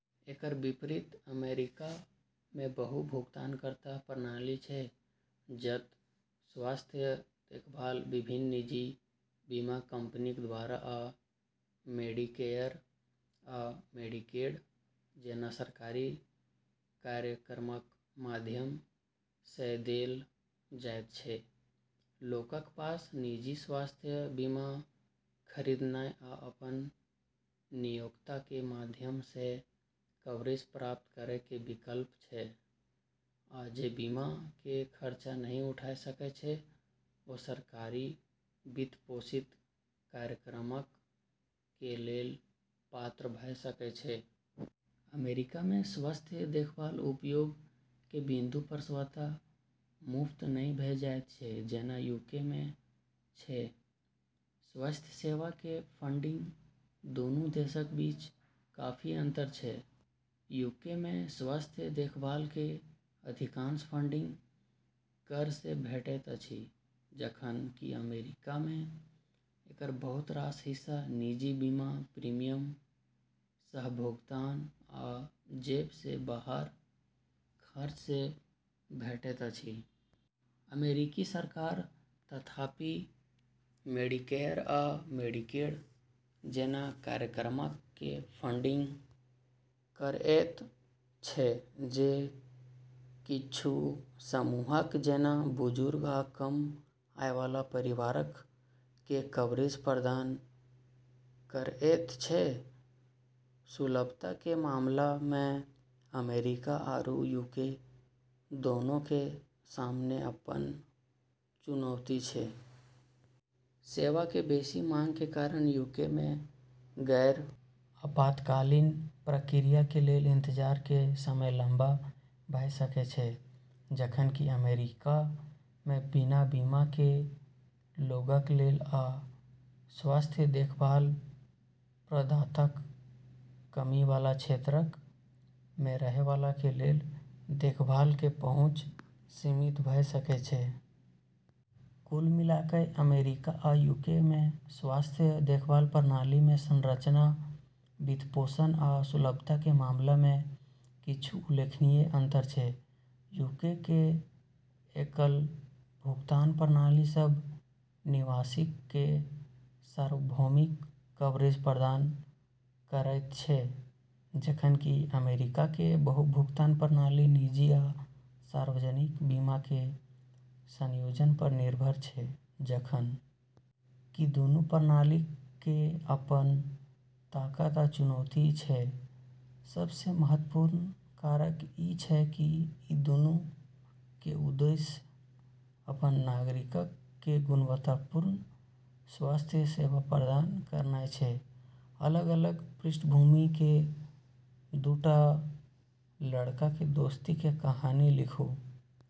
एकर विपरीत अमेरिका मे बहु-भुगतानकर्ता प्रणाली छै जत स्वास्थ्य देखभाल विभिन्न निजी बीमा कंपनीक द्वारा या मेडिकेयर आ मेडिकेड जैना सरकारी कार्यक्रमक माध्यम सऽ देल जायत छै ।लोकक पास निजी स्वास्थ्य बीमा खरीदनाय या अपन नियोक्ता के माध्यम सऽ कवरेज प्राप्त करय के विकल्प छै, आ जे बीमा के खर्चा नहि उठा सकय छै, ओ सरकारी वित्त पोषित कार्यक्रमक कें लेल पात्र भ सकय छै। अमेरिका मे स्वास्थ्य देखभाल उपयोग के बिंदु पर स्वतः मुफ्त नहि भ जायत छै जेना यूके मे छै ।स्वास्थ्य सेवा के फंडिंग दूनू देशक बीच काफी अंतर छै ।यूके में स्वास्थ्य देखभाल के अधिकांश फंडिंग कर सं भेटैत अछि, जखन कि अमेरिका मे एकर बहुत रास हिस्सा निजी बीमा प्रीमियम, सह-भुगतान, आ जेब सं बाहर खर्च सं भेटैत अछि । अमेरिकी सरकार, तथापि, मेडिकेयर आ मेडिकेड जैना कार्यक्रमक के फंडिंग करएयत छै, जे किच्छू समूहक जेना बुजुर्ग आ कम आय वाला परिवारक कें कवरेज प्रदान करएयत छै ।सुलभता के मामला मऽ अमेरिका आरू यूके दोनों के सामने अपनऽ चुनौती छै। सेवाक के बेसि मांग के कारण यूके मे गैर-आपातकालीन प्रक्रियाक कें लेल इंतजार के समय लंबा भऽ सकय छै, जखन कि अमेरिका मे बिना बीमा कें लोगक लेल या स्वास्थ्य देखभाल प्रदाताक कमी वाला क्षेत्रक मे रहय वाला के लेल देखभाल के पहुंच सीमित भ सकय छै । कुल मिलाकय, अमेरिका आ यूके मे स्वास्थ्य देखभाल प्रणाली मे संरचना, वित्तपोषण आ सुलभता के मामला मे किच्छू उल्लेखनीय अंतर छै । यूके के एकल-भुगतान प्रणाली सब निवासीक के सार्वभौमिक कवरेज प्रदान करयत छै, जखन कि अमेरिका के बहु-भुगतान प्रणाली निजी आ सार्वजनिक बीमा के संयोजन पर निर्भर छै ।जखन कि दूनू प्रणालीक के अपन ताकत आ चुनौती छै, सब सऽ महत्वपूर्ण कारक इ छै की इ दूनू के उद्देश्य अपन नागरिकक के गुणवत्तापूर्ण स्वास्थ्य सेवा प्रदान करनाय छै ।अलग-अलग पृष्ठभूमि के दू टा लड़का के दोस्ती के कहानी लिखू।